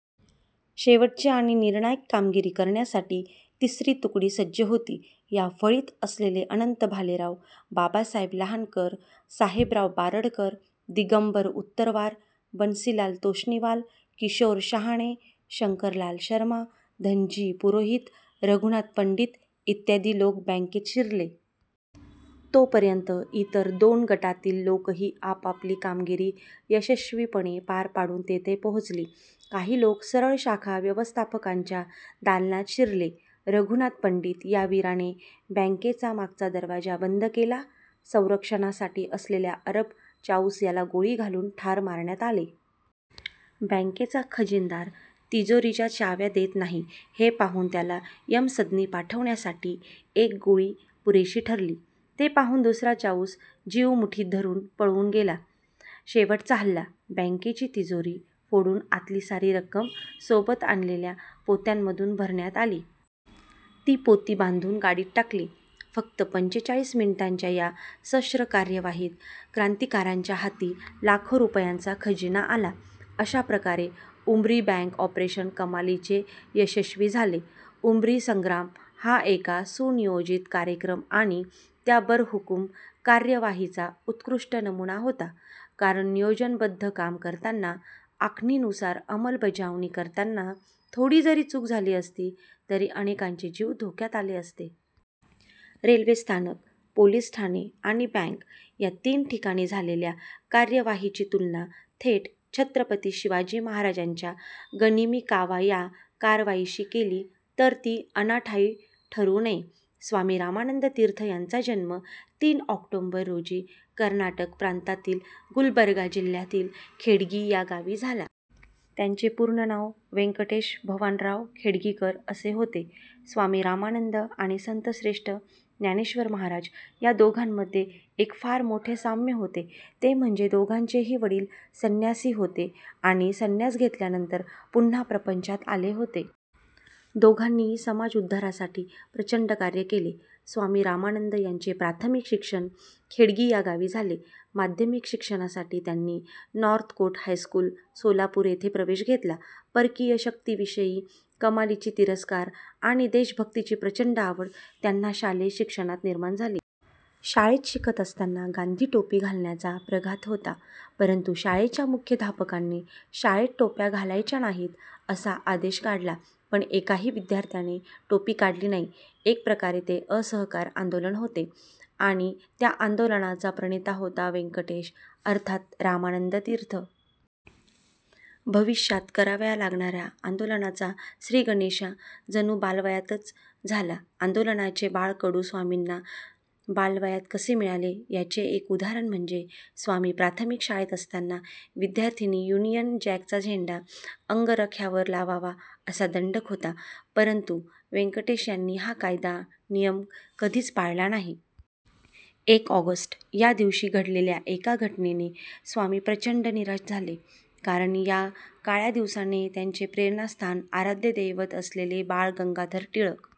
शेवटची आणि निर्णायक कामगिरी करण्यासाठी तिसरी तुकडी सज्ज होती. या फळीत असलेले अनंत भालेराव, बाबासाहेब लहानकर, साहेबराव बारडकर, दिगंबर उत्तरवार, बन्सीलाल तोष्णीवाल, किशोर शहाणे, शंकरलाल शर्मा, धनजी पुरोहित, रघुनाथ पंडित इत्यादी लोक बँकेत शिरले. तोपर्यंत इतर दोन गटातील लोकही आपापली कामगिरी यशस्वीपणे पार पाडून तिथे पोहोचले. काही लोक सरळ शाखा व्यवस्थापकाच्या दालनात शिरले. रघुनाथ पंडित या वीराने बँकेचा मागचा दरवाजा बंद केला. संरक्षणासाठी असलेल्या अरब चाऊस याला गोळी घालून ठार मारण्यात आले. बँकेचा खजिनदार तिजोरीच्या चाव्या देत नाही हे पाहून त्याला यमसदनी पाठविण्यासाठी एक गोळी पुरेशी ठरली. ते पाहून दुसरा चाऊस जीव मुठीत धरून पळून गेला. शेवटचा हल्ला! बँकेची तिजोरी फोडून आतली सारी रक्कम सोबत आणलेल्या पोत्यांमधून भरण्यात आली. ती पोती बांधून गाडीत टाकली. फक्त पंचेचाळीस मिनिटांच्या या सशस्त्र कार्यवाहीत क्रांतिकारकांच्या हाती लाखो रुपयांचा खजिना आला. अशाप्रकारे उमरी बँक ऑपरेशन कमालीचे यशस्वी झाले. उमरी संग्राम हा एका सुनियोजित कार्यक्रम आणि त्याबरहुकूम कार्यवाहीचा उत्कृष्ट नमुना होता, कारण नियोजनबद्ध काम करताना, आखणीनुसार अंमलबजावणी करताना थोडी जरी चूक झाली असती, तरी अनेकांचे जीव धोक्यात आले असते. रेल्वेस्थानक, पोलीस ठाणे आणि बँक या तीन ठिकाणी झालेल्या कार्यवाहीची तुलना थेट छत्रपती शिवाजी महाराजांच्या गनिमी कावा या कारवाईशी केली, तर ती अनाठायी ठरू नये. स्वामी रामानंद तीर्थ यांचा जन्म तीन ऑक्टोबर रोजी कर्नाटक प्रांतातील गुलबर्गा जिल्ह्यातील खेडगी या गावी झाला. त्यांचे पूर्ण नाव व्यंकटेश भवानराव खेडगीकर असे होते. स्वामी रामानंद आणि संतश्रेष्ठ ज्ञानेश्वर महाराज या दोघांमध्ये एक फार मोठे साम्य होते, ते म्हणजे दोघांचेही वडील संन्यासी होते आणि संन्यास घेतल्यानंतर पुन्हा प्रपंचात आले होते. दोघांनीही समाज उद्धारासाठी प्रचंड कार्य केले. स्वामी रामानंद यांचे प्राथमिक शिक्षण खेडगी या गावी झाले. माध्यमिक शिक्षणासाठी त्यांनी नॉर्थकोट हायस्कूल, सोलापूर येथे प्रवेश घेतला. परकीय शक्तीविषयी कमालीचा तिरस्कार आणि देशभक्तीची प्रचंड आवड त्यांना शालेय शिक्षणात निर्माण झाली. शाळेत शिकत असताना गांधी टोपी घालण्याचा प्रघात होता, परंतु शाळेच्या मुख्याध्यापकांनी शाळेत टोप्या घालायच्या नाहीत असा आदेश काढला. पण एकाही विद्यार्थ्याने टोपी काढली नाही. एकप्रकारे ते असहकार आंदोलन होते आणि त्या आंदोलनाचा प्रणेता होता व्यंकटेश अर्थात रामानंद तीर्थ. भविष्यात कराव्या लागणाऱ्या आंदोलनाचा श्रीगणेशा जणू बालवयातच झाला. आंदोलनाचे बाळकडू स्वामींना बालवयात कसे मिळाले, ह्याचे एक उदाहरण म्हणजे स्वामी प्राथमिक शाळेत असताना विद्यार्थ्यांनी युनियन जॅकचा झेंडा अंगरख्यावर लावावा असा दंडक होता, परंतु व्यंकटेश यांनी हा कायदा, नियम कधीच पाळला नाही. एक ऑगस्ट या दिवशी घडलेल्या एका घटनेने स्वामी प्रचंड निराश झाले, कारण या काळ्या दिवसाने त्यांचे प्रेरणास्थान, आराध्य दैवत असलेले बाळ गंगाधर टिळक.